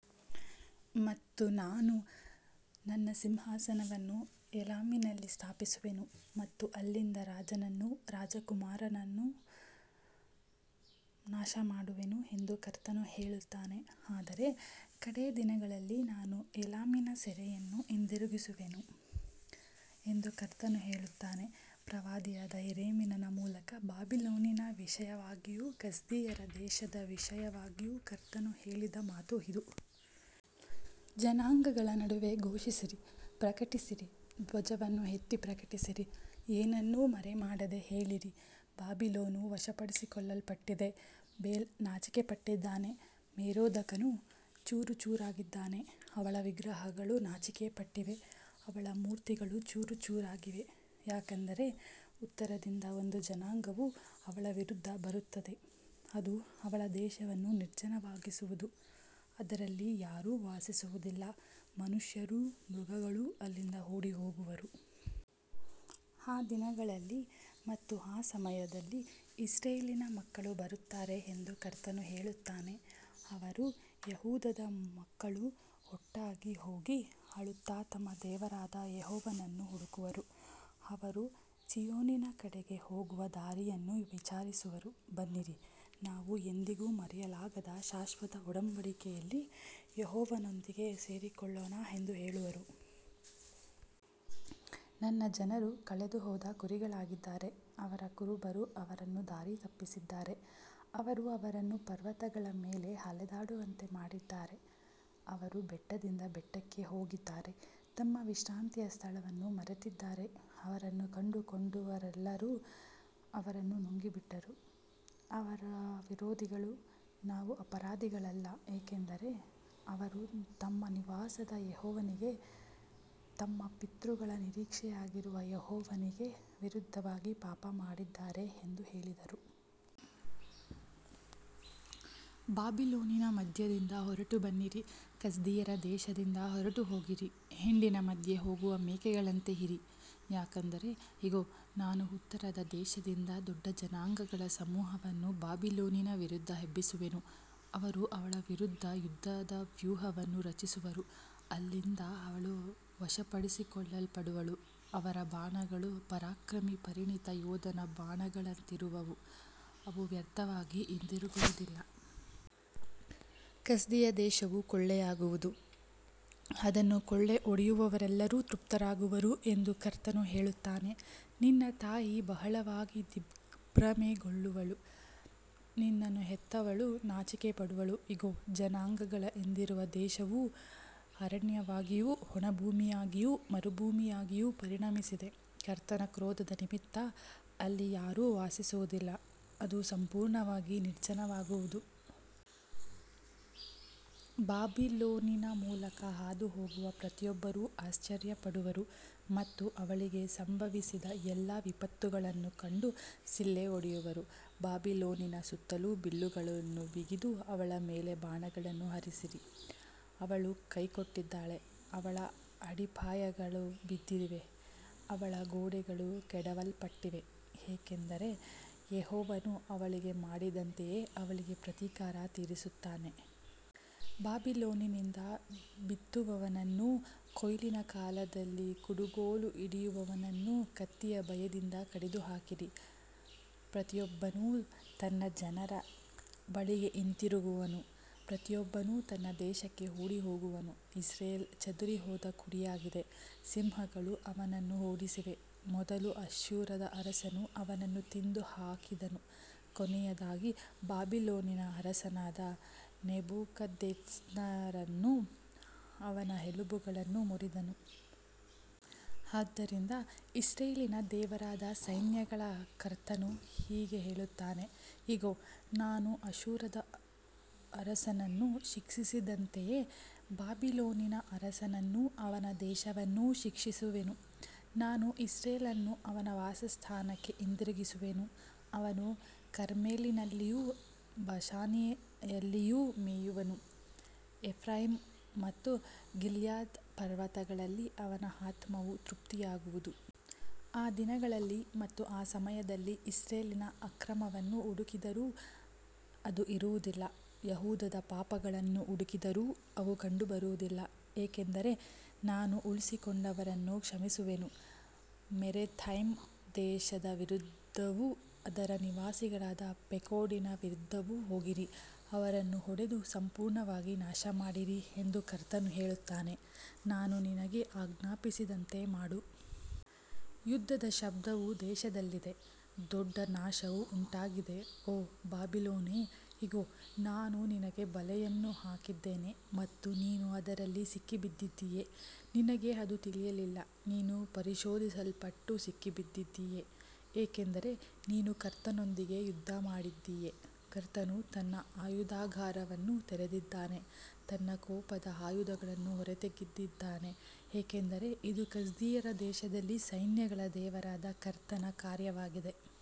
ಮತ್ತು ನಾನು ನನ್ನ ಸಿಂಹಾಸನವನ್ನು ಏಲಾಮಿನಲ್ಲಿ ಸ್ಥಾಪಿಸುವೆನು ಮತ್ತು ಅಲ್ಲಿಂದ ರಾಜನನ್ನೂ ರಾಜಕುಮಾರರನ್ನೂ ನಾಶಮಾಡುವೆನು ಎಂದು ಕರ್ತನು ಹೇಳುತ್ತಾನೆ. ಆದರೆ ಕಡೇ ದಿನಗಳಲ್ಲಿ ನಾನು ಏಲಾಮಿನ ಸೆರೆಯನ್ನು ಹಿಂದಿರುಗಿಸುವೆನು ಎಂದು ಕರ್ತನು ಹೇಳುತ್ತಾನೆ. ಪ್ರವಾದಿಯಾದ ಯೆರೆಮೀಯನ ಮೂಲಕ ಬಾಬಿಲೋನಿನ ವಿಷಯವಾಗಿಯೂ ಕಸ್ದೀಯರ ದೇಶದ ವಿಷಯವಾಗಿಯೂ ಕರ್ತನು ಹೇಳಿದ ಮಾತು ಇದು. ಜನಾಂಗಗಳ ನಡುವೆ ಘೋಷಿಸಿರಿ, ಪ್ರಕಟಿಸಿರಿ, ಧ್ವಜವನ್ನು ಎತ್ತಿ ಪ್ರಕಟಿಸಿರಿ, ಏನನ್ನೂ ಮರೆಮಾಡದೆ ಹೇಳಿರಿ, ಬಾಬಿಲೋನು ವಶಪಡಿಸಿಕೊಳ್ಳಲ್ಪಟ್ಟಿದೆ, ಬೇಲ್ ನಾಚಿಕೆಪಟ್ಟಿದ್ದಾನೆ, ಮೆರೋದಾಕನು ಚೂರುಚೂರಾಗಿದ್ದಾನೆ, ಅವಳ ವಿಗ್ರಹಗಳು ನಾಚಿಕೆಪಟ್ಟಿವೆ, ಅವಳ ಮೂರ್ತಿಗಳು ಚೂರುಚೂರಾಗಿವೆ. ಯಾಕಂದರೆ ಉತ್ತರದಿಂದ ಒಂದು ಜನಾಂಗವು ಅವಳ ವಿರುದ್ಧ ಬರುತ್ತದೆ, ಅದು ಅವಳ ದೇಶವನ್ನು ನಿರ್ಜನವಾಗಿಸುವುದು, ಅದರಲ್ಲಿ ಯಾರೂ ವಾಸಿಸುವುದಿಲ್ಲ, ಮನುಷ್ಯರೂ ಮೃಗಗಳೂ ಅಲ್ಲಿಂದ ಓಡಿಹೋಗುವರು. ಆ ದಿನಗಳಲ್ಲಿ ಮತ್ತು ಆ ಸಮಯದಲ್ಲಿ ಇಸ್ರಾಯೇಲಿನ ಮಕ್ಕಳು ಬರುತ್ತಾರೆ ಎಂದು ಕರ್ತನು ಹೇಳುತ್ತಾನೆ, ಅವರೂ ಯೆಹೂದದ ಮಕ್ಕಳೂ ಒಟ್ಟಾಗಿ ಹೋಗಿ ಅಳುತ್ತಾ ತಮ್ಮ ದೇವರಾದ ಯೆಹೋವನನ್ನು ಹುಡುಕುವರು. ಅವರು ಚೀಯೋನಿನ ಕಡೆಗೆ ಹೋಗುವ ದಾರಿಯನ್ನು ವಿಚಾರಿಸುವರು, ಬನ್ನಿರಿ, ನಾವು ಎಂದಿಗೂ ಮರೆಯಲಾಗದ ಶಾಶ್ವತ ಒಡಂಬಡಿಕೆಯಲ್ಲಿ ಯೆಹೋವನೊಂದಿಗೆ ಸೇರಿಕೊಳ್ಳೋಣ ಎಂದು ಹೇಳುವರು. ನನ್ನ ಜನರು ಕಳೆದುಹೋದ ಕುರಿಗಳಾಗಿದ್ದಾರೆ, ಅವರ ಕುರುಬರು ಅವರನ್ನು ದಾರಿತಪ್ಪಿಸಿದ್ದಾರೆ, ಅವರು ಅವರನ್ನು ಪರ್ವತಗಳ ಮೇಲೆ ಅಲೆದಾಡುವಂತೆ ಮಾಡಿದ್ದಾರೆ, ಅವರು ಬೆಟ್ಟದಿಂದ ಬೆಟ್ಟಕ್ಕೆ ಹೋಗಿದ್ದಾರೆ, ತಮ್ಮ ವಿಶ್ರಾಂತಿಯ ಸ್ಥಳವನ್ನು ಮರೆತಿದ್ದಾರೆ. ಅವರನ್ನು ಕಂಡುಕೊಂಡವರೆಲ್ಲರೂ ಅವರನ್ನು ನುಂಗಿಬಿಟ್ಟರು, ಅವರ ವಿರೋಧಿಗಳು, ನಾವು ಅಪರಾಧಿಗಳಲ್ಲ, ಏಕೆಂದರೆ ಅವರು ತಮ್ಮ ನಿವಾಸವಾದ ಯೆಹೋವನಿಗೆ, ತಮ್ಮ ಪಿತೃಗಳ ನಿರೀಕ್ಷೆಯಾಗಿರುವ ಯೆಹೋವನಿಗೆ ವಿರುದ್ಧವಾಗಿ ಪಾಪಮಾಡಿದ್ದಾರೆ ಎಂದು ಹೇಳಿದರು. ಬಾಬಿಲೋನಿನ ಮಧ್ಯದಿಂದ ಹೊರಟುಬನ್ನಿರಿ, ಕಸ್ದೀಯರ ದೇಶದಿಂದ ಹೊರಟುಹೋಗಿರಿ, ಹಿಂಡಿನ ಮುಂದೆ ಹೋಗುವ ಮೇಕೆಗಳಂತೆ ಇರಿ. ಯಾಕಂದರೆ ಇಗೋ, ನಾನು ಉತ್ತರದ ದೇಶದಿಂದ ದೊಡ್ಡ ಜನಾಂಗಗಳ ಸಮೂಹವನ್ನು ಬಾಬಿಲೋನಿನ ವಿರುದ್ಧ ಎಬ್ಬಿಸುವೆನು, ಅವರು ಅವಳ ವಿರುದ್ಧ ಯುದ್ಧದ ವ್ಯೂಹವನ್ನು ರಚಿಸುವರು, ಅಲ್ಲಿಂದ ಅವಳು ವಶಪಡಿಸಿಕೊಳ್ಳಲ್ಪಡುವಳು, ಅವರ ಬಾಣಗಳು ಪರಾಕ್ರಮಿ ಪರಿಣಿತ ಯೋಧನ ಬಾಣಗಳಂತಿರುವವು, ಅವು ವ್ಯರ್ಥವಾಗಿ ಹಿಂದಿರುಗುವುದಿಲ್ಲ. ಕಸ್ದೀಯ ದೇಶವು ಕೊಳ್ಳೆಯಾಗುವುದು, ಅದನ್ನು ಕೊಳ್ಳೆಹೊಡೆಯುವವರೆಲ್ಲರೂ ತೃಪ್ತರಾಗುವರು ಎಂದು ಕರ್ತನು ಹೇಳುತ್ತಾನೆ. ನಿನ್ನ ತಾಯಿ ಬಹಳವಾಗಿ ದಿಗ್ಭ್ರಮೆಗೊಳ್ಳುವಳು, ನಿನ್ನನ್ನು ಹೆತ್ತವಳು ನಾಚಿಕೆಪಡುವಳು, ಇಗೋ, ಜನಾಂಗಗಳ ಹಿಂದಿರುವ ದೇಶವು ಅರಣ್ಯವಾಗಿಯೂ ಒಣಭೂಮಿಯಾಗಿಯೂ ಮರುಭೂಮಿಯಾಗಿಯೂ ಪರಿಣಮಿಸಿದೆ. ಕರ್ತನ ಕ್ರೋಧದ ನಿಮಿತ್ತ ಅಲ್ಲಿ ಯಾರೂ ವಾಸಿಸುವುದಿಲ್ಲ, ಅದು ಸಂಪೂರ್ಣವಾಗಿ ನಿರ್ಜನವಾಗುವುದು. ಬಾಬಿಲೋನಿನ ಮೂಲಕ ಹಾದುಹೋಗುವ ಪ್ರತಿಯೊಬ್ಬರೂ ಆಶ್ಚರ್ಯಪಡುವರು ಮತ್ತು ಅವಳಿಗೆ ಸಂಭವಿಸಿದ ಎಲ್ಲಾ ವಿಪತ್ತುಗಳನ್ನು ಕಂಡು ಸಿಳ್ಳೆ ಹೊಡೆಯುವರು. ಬಾಬಿಲೋನಿನ ಸುತ್ತಲೂ ಬಿಲ್ಲುಗಳನ್ನು ಬಿಗಿದು ಅವಳ ಮೇಲೆ ಬಾಣಗಳನ್ನು ಹಾರಿಸಿರಿ, ಅವಳು ಕೈಕೊಟ್ಟಿದ್ದಾಳೆ, ಅವಳ ಅಡಿಪಾಯಗಳು ಬಿದ್ದಿವೆ, ಅವಳ ಗೋಡೆಗಳು ಕೆಡವಲ್ಪಟ್ಟಿವೆ, ಏಕೆಂದರೆ ಯೆಹೋವನು ಅವಳಿಗೆ ಮಾಡಿದಂತೆಯೇ ಅವಳಿಗೆ ಪ್ರತೀಕಾರ ತೀರಿಸುತ್ತಾನೆ. ಬಾಬಿಲೋನಿನಿಂದ ಬಿತ್ತುವವನನ್ನೂ ಕೊಯ್ಲಿನ ಕಾಲದಲ್ಲಿ ಕುಡುಗೋಲು ಹಿಡಿಯುವವನನ್ನೂ ಕತ್ತಿಯ ಭಯದಿಂದ ಕಡಿದುಹಾಕಿರಿ, ಪ್ರತಿಯೊಬ್ಬನೂ ತನ್ನ ಜನರ ಬಳಿಗೆ ಹಿಂದಿರುಗುವನು, ಪ್ರತಿಯೊಬ್ಬನೂ ತನ್ನ ದೇಶಕ್ಕೆ ಓಡಿಹೋಗುವನು. ಇಸ್ರಾಯೇಲು ಚದುರಿಹೋದ ಕುರಿಯಾಗಿದೆ, ಸಿಂಹಗಳು ಅವನನ್ನು ಓಡಿಸಿವೆ, ಮೊದಲು ಅಶ್ಶೂರದ ಅರಸನು ಅವನನ್ನು ತಿಂದುಹಾಕಿದನು, ಕೊನೆಯದಾಗಿ ಬಾಬಿಲೋನಿನ ಅರಸನಾದ ನೆಬೂಕದ್ನೆಚ್ಚರನು ಅವನ ಎಲುಬುಗಳನ್ನು ಮುರಿದನು. ಆದ್ದರಿಂದ ಇಸ್ರಾಯೇಲಿನ ದೇವರಾದ ಸೈನ್ಯಗಳ ಕರ್ತನು ಹೀಗೆ ಹೇಳುತ್ತಾನೆ, ಇಗೋ, ನಾನು ಅಶ್ಶೂರದ ಅರಸನನ್ನು ಶಿಕ್ಷಿಸಿದಂತೆಯೇ ಬಾಬಿಲೋನಿನ ಅರಸನನ್ನೂ ಅವನ ದೇಶವನ್ನೂ ಶಿಕ್ಷಿಸುವೆನು. ನಾನು ಇಸ್ರಾಯೇಲನ್ನು ಅವನ ವಾಸಸ್ಥಾನಕ್ಕೆ ಹಿಂದಿರುಗಿಸುವೆನು, ಅವನು ಕರ್ಮೆಲಿನಲ್ಲಿಯೂ ಬಾಷಾನಿನಲ್ಲಿಯೂ ಮೇಯುವನು, ಎಫ್ರಾಯೀಮ್ ಮತ್ತು ಗಿಲ್ಯಾದ್ ಪರ್ವತಗಳಲ್ಲಿ ಅವನ ಆತ್ಮವು ತೃಪ್ತಿಯಾಗುವುದು. ಆ ದಿನಗಳಲ್ಲಿ ಮತ್ತು ಆ ಸಮಯದಲ್ಲಿ ಇಸ್ರಾಯೇಲಿನ ಅಕ್ರಮವನ್ನು ಹುಡುಕಿದರೂ ಅದು ಇರುವುದಿಲ್ಲ, ಯೆಹೂದದ ಪಾಪಗಳನ್ನೂ ಹುಡುಕಿದರೂ ಅವು ಕಂಡುಬರುವುದಿಲ್ಲ, ಏಕೆಂದರೆ ನಾನು ಉಳಿಸಿಕೊಂಡವರನ್ನು ಕ್ಷಮಿಸುವೆನು. ಮೆರತೈಮ್ ದೇಶದ ವಿರುದ್ಧವೂ, ಅದರ ನಿವಾಸಿಗಳಾದ ಪೆಕೋಡಿನ ವಿರುದ್ಧವೂ ಹೋಗಿರಿ, ಅವರನ್ನು ಹೊಡೆದು ಸಂಪೂರ್ಣವಾಗಿ ನಾಶಮಾಡಿರಿ ಎಂದು ಕರ್ತನು ಹೇಳುತ್ತಾನೆ, ನಾನು ನಿನಗೆ ಆಜ್ಞಾಪಿಸಿದಂತೆ ಮಾಡು. ಯುದ್ಧದ ಶಬ್ದವು ದೇಶದಲ್ಲಿದೆ, ದೊಡ್ಡ ನಾಶವು ಉಂಟಾಗಿದೆ. ಓ ಬಾಬಿಲೋನೇ, ಇಗೋ, ನಾನು ನಿನಗೆ ಬಲೆಯನ್ನು ಹಾಕಿದ್ದೇನೆ ಮತ್ತು ನೀನು ಅದರಲ್ಲಿ ಸಿಕ್ಕಿಬಿದ್ದಿದ್ದೀಯೆ, ನಿನಗೆ ಅದು ತಿಳಿಯಲಿಲ್ಲ, ನೀನು ಪರಿಶೋಧಿಸಲ್ಪಟ್ಟು ಸಿಕ್ಕಿಬಿದ್ದಿದ್ದೀಯೆ, ಏಕೆಂದರೆ ನೀನು ಕರ್ತನೊಂದಿಗೆ ಯುದ್ಧಮಾಡಿದ್ದೀಯೆ. ಕರ್ತನು ತನ್ನ ಆಯುಧಾಗಾರವನ್ನು ತೆರೆದಿದ್ದಾನೆ, ತನ್ನ ಕೋಪದ ಆಯುಧಗಳನ್ನು ಹೊರತೆಗೆದಿದ್ದಾನೆ, ಏಕೆಂದರೆ ಇದು ಕಸ್ದೀಯರ ದೇಶದಲ್ಲಿ ಸೈನ್ಯಗಳ ದೇವರಾದ ಕರ್ತನ ಕಾರ್ಯವಾಗಿದೆ.